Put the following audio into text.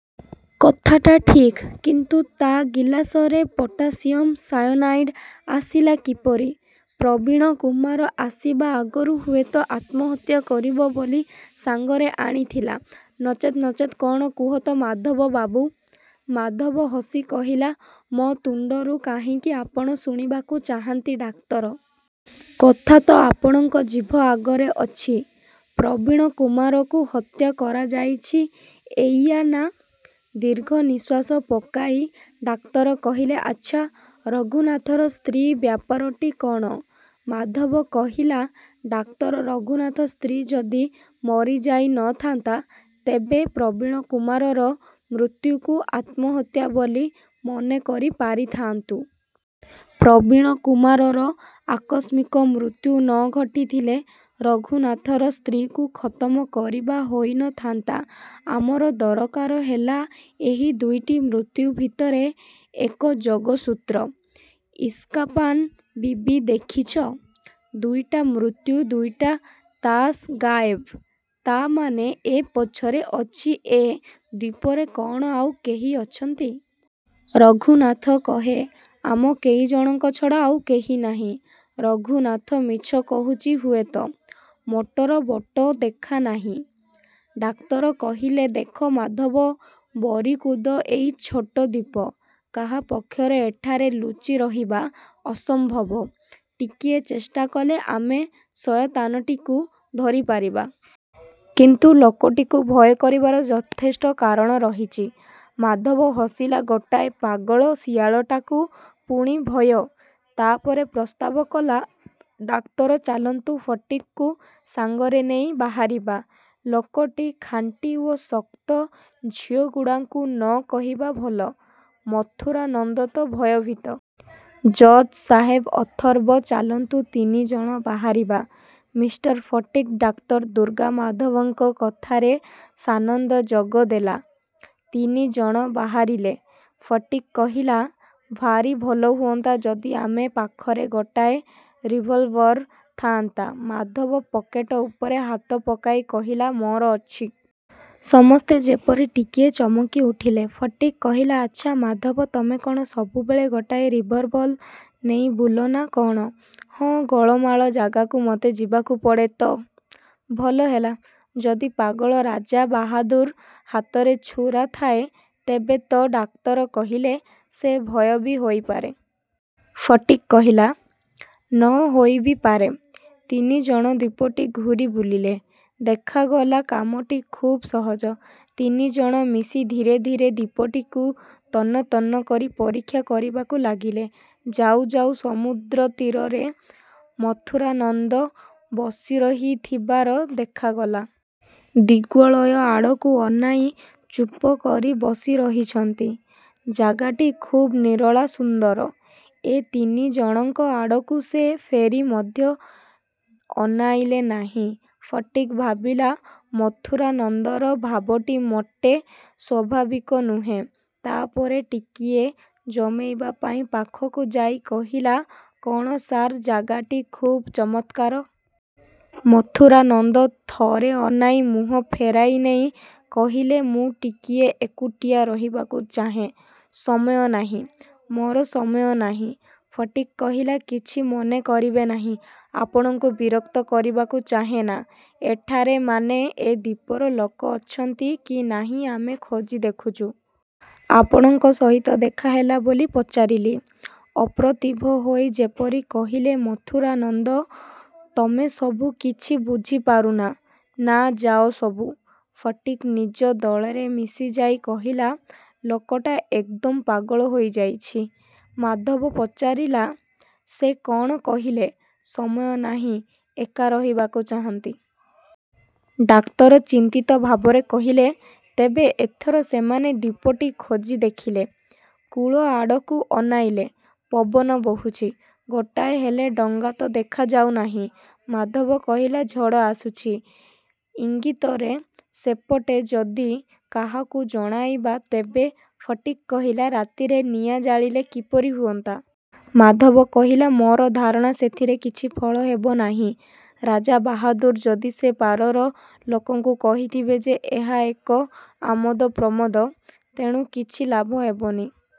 କଥାଟା ଠିକ୍ କିନ୍ତୁ ତା ଗିଲାସରେ ପଟାସିୟମ୍ ସାୟନାଇଡ୍ ଆସିଲା କିପରି? ପ୍ରବୀଣକୁମାର ଆସିବା ଆଗରୁ ହୁଏତ ଆତ୍ମହତ୍ୟା କରିବ ବୋଲି ସାଙ୍ଗରେ ଆଣିଥିଲା। ନଚେତ୍ ନଚେତ୍ କ'ଣ କୁହ ତ ମାଧବବାବୁ? ମାଧବ ହସି କହିଲା ମୋ ତୁଣ୍ଡରୁ କାହିଁକି ଆପଣ ଶୁଣିବାକୁ ଚାହାନ୍ତି ଡାକ୍ତର? କଥା ତ ଆପଣଙ୍କ ଜିଭ ଅଗରେ ଅଛି। ପ୍ରବୀଣକୁମାରକୁ ହତ୍ୟା କରାଯାଇଛି ଏଇଆ ନା? ଦୀର୍ଘ ନିଶ୍ୱାସ ପକାଇ ଡାକ୍ତର କହିଲେ ଆଚ୍ଛା ରଘୁନାଥ ସ୍ତ୍ରୀ ବ୍ୟାପାରଟି କ'ଣ? ମାଧବ କହିଲା ଡାକ୍ତର ରଘୁନାଥର ସ୍ତ୍ରୀ ଯଦି ମରିଯାଇ ନ ଥାନ୍ତା ତେବେ ପ୍ରବୀଣକୁମାରର ମୃତ୍ୟୁକୁ ଆତ୍ମହତ୍ୟା ବୋଲି ମନେକରି ପାରିଥାନ୍ତୁ। ପ୍ରବୀଣକୁମାରର ଆକସ୍ମିକ ମୃତ୍ୟୁ ନ ଘଟିଥିଲେ ରଘୁନାଥର ସ୍ତ୍ରୀକୁ ଖତମ କରିବା ହୋଇ ନ ଥାନ୍ତା। ଆମର ଦରକାର ହେଲା ଏହି ଦୁଇଟି ମୃତ୍ୟୁ ଭିତରେ ଏକ ଯୋଗସୂତ୍ର। ଇସ୍କାପାନ ବିବି ଦେଖିଛ। ଦୁଇଟା ମୃତ୍ୟୁ ଦୁଇଟା ତାସ୍ ଗାଏବ। ତା ମାନେ ଏ ପଛରେ ଅଛି। ଏ ଦ୍ଵୀପରେ କ'ଣ ଆଉ କେହି ଅଛନ୍ତି? ରଘୁନାଥ କହେ ଆମ କେଇ ଜଣଙ୍କ ଛଡ଼ା ଆଉ କେହି ନାହିଁ। ରଘୁନାଥ ମିଛ କହୁଛି ହୁଏତ। ମୋଟର ବୋଟ ଦେଖା ନାହିଁ। ଡାକ୍ତର କହିଲେ ଦେଖ ମାଧବ ବରିକୁଦ ଏଇ ଛୋଟ ଦ୍ଵୀପ। କାହା ପକ୍ଷରେ ଏଠାରେ ଲୁଚିରହିବା ଅସମ୍ଭବ। ଟିକିଏ ଚେଷ୍ଟା କଲେ ଆମେ ଶୟତାନଟିକୁ ଧରିପାରିବା। କିନ୍ତୁ ଲୋକଟିକୁ ଭୟ କରିବାର ଯଥେଷ୍ଟ କାରଣ ରହିଛି। ମାଧବ ହସିଲା ଗୋଟାଏ ପାଗଳ ଶିଆଳଟାକୁ ପୁଣି ଭୟ! ତା ପରେ ପ୍ରସ୍ତାବ କଲା ଡାକ୍ତର ଚାଲନ୍ତୁ ଫଟିକକୁ ସାଙ୍ଗରେ ନେଇ ବାହାରିବା। ଲୋକଟି ଖାଣ୍ଟି ଓ ଶକ୍ତ। ଝିଅଗୁଡ଼ାଙ୍କୁ ନ କହିବା ଭଲ। ମଥୁରାନନ୍ଦ ତ ଭୟଭୀତ। ଜଜ୍ ସାହେବ ଅଥର୍ବ। ଚାଲନ୍ତୁ ତିନି ଜଣ ବାହାରିବା। ମିଷ୍ଟର ଫଟିକ୍ ଡାକ୍ତର ଦୁର୍ଗାମାଧବଙ୍କ କଥାରେ ସାନନ୍ଦ ଯୋଗ ଦେଲା। ତିନି ଜଣ ବାହାରିଲେ। ଫଟିକ୍ କହିଲା ଭାରି ଭଲ ହୁଅନ୍ତା ଯଦି ଆମେ ପାଖରେ ଗୋଟାଏ ରିଭଲଭର ଥାନ୍ତା। ମାଧବ ପକେଟ ଉପରେ ହାତ ପକାଇ କହିଲା ମୋର ଅଛି। ସମସ୍ତେ ଯେପରି ଟିକିଏ ଚମକିଉଠିଲେ। ଫଟିକ୍ କହିଲା ଆଚ୍ଛା ମାଧବ ତମେ କ'ଣ ସବୁବେଳେ ଗୋଟାଏ ରିଭଲଭର ନେଇ ବୁଲ ନା କ'ଣ? ହଁ ଗୋଳମାଳ ଜାଗାକୁ ମୋତେ ଯିବାକୁ ପଡ଼େ ତ! ଭଲ ହେଲା। ଯଦି ପାଗଳ ରାଜାବାହାଦୁର ହାତରେ ଛୁରା ଥାଏ ତେବେ ତ ଡାକ୍ତର କହିଲେ ସେ ଭୟ ବି ହୋଇପାରେ। ଫଟିକ୍ କହିଲା ନ ହୋଇ ବି ପାରେ। ତିନି ଜଣ ଦ୍ଵୀପଟି ଘୂରି ବୁଲିଲେ। ଦେଖାଗଲା କାମଟି ଖୁବ୍ ସହଜ। ତିନି ଜଣ ମିଶି ଧୀରେ ଧୀରେ ଦ୍ଵୀପଟିକୁ ତନ୍ନ ତନ୍ନ କରି ପରୀକ୍ଷା କରିବାକୁ ଲାଗିଲେ। ଯାଉ ଯାଉ ସମୁଦ୍ରତୀରରେ ମଥୁରାନନ୍ଦ ବସିରହିଥିବାର ଦେଖାଗଲା। ଦିଗ୍ବଳୟ ଆଡ଼କୁ ଅନାଇ ଚୁପକରି ବସିରହିଛନ୍ତି। ଜାଗାଟି ଖୁବ୍ ନିରୋଳା, ସୁନ୍ଦର। ଏ ତିନି ଜଣଙ୍କ ଆଡ଼କୁ ସେ ଫେରି ମଧ୍ୟ ଅନାଇଲେ ନାହିଁ। ଫଟିକ୍ ଭାବିଲା ମଥୁରାନନ୍ଦର ଭାବଟି ମୋଟେ ସ୍ଵାଭାବିକ ନୁହେଁ। ତା ପରେ ଟିକିଏ ଜମେଇବା ପାଇଁ ପାଖକୁ ଯାଇ କହିଲା କ'ଣ ସାର୍ ଜାଗାଟି ଖୁବ୍ ଚମତ୍କାର! ମଥୁରାନନ୍ଦ ଥରେ ଅନାଇ ମୁହଁ ଫେରାଇନେଇ କହିଲେ ମୁଁ ଟିକିଏ ଏକୁଟିଆ ରହିବାକୁ ଚାହେଁ। ସମୟ ନାହିଁ। ମୋର ସମୟ ନାହିଁ। ଫଟିକ୍ କହିଲା କିଛି ମନେ କରିବେ ନାହିଁ। ଆପଣଙ୍କୁ ବିରକ୍ତ କରିବାକୁ ଚାହେଁନା। ଏଠାରେ ମାନେ ଏ ଦ୍ଵୀପରେ ଲୋକ ଅଛନ୍ତି କି ନାହିଁ ଆମେ ଖୋଜି ଦେଖୁଛୁ। ଆପଣଙ୍କ ସହିତ ଦେଖା ହେଲା ବୋଲି ପଚାରିଲି। ଅପ୍ରତିଭ ହୋଇ ଯେପରି କହିଲେ ମଥୁରାନନ୍ଦ ତମେସବୁ କିଛି ବୁଝିପାରୁନା। ନା ଯାଅ ସବୁ। ଫଟିକ୍ ନିଜ ଦଳରେ ମିଶିଯାଇ କହିଲା ଲୋକଟା ଏକଦମ ପାଗଳ ହୋଇଯାଇଛି। ମାଧବ ପଚାରିଲା ସେ କ'ଣ କହିଲେ? ସମୟ ନାହିଁ ଏକା ରହିବାକୁ ଚାହାନ୍ତି। ଡାକ୍ତର ଚିନ୍ତିତ ଭାବରେ କହିଲେ ତେବେ ଏଥର ସେମାନେ ଦ୍ଵୀପଟି ଖୋଜି ଦେଖିଲେ। କୂଳ ଆଡ଼କୁ ଅନାଇଲେ। ପବନ ବହୁଛି। ଗୋଟାଏ ହେଲେ ଡଙ୍ଗା ତ ଦେଖାଯାଉନାହିଁ। ମାଧବ କହିଲା ଝଡ଼ ଆସୁଛି। ଇଙ୍ଗିତରେ ସେପଟେ ଯଦି କାହାକୁ ଜଣାଇବା ତେବେ ଫଟିକ୍ କହିଲା ରାତିରେ ନିଆଁ ଜାଳିଲେ କିପରି ହୁଅନ୍ତା? ମାଧବ କହିଲା ମୋର ଧାରଣା ସେଥିରେ କିଛି ଫଳ ହେବ ନାହିଁ। ରାଜାବାହାଦୁର ଯଦି ସେ ପାରର ଲୋକଙ୍କୁ କହିଥିବେ ଯେ ଏହା ଏକ ଆମୋଦପ୍ରମୋଦ ତେଣୁ କିଛି ଲାଭ ହେବନି।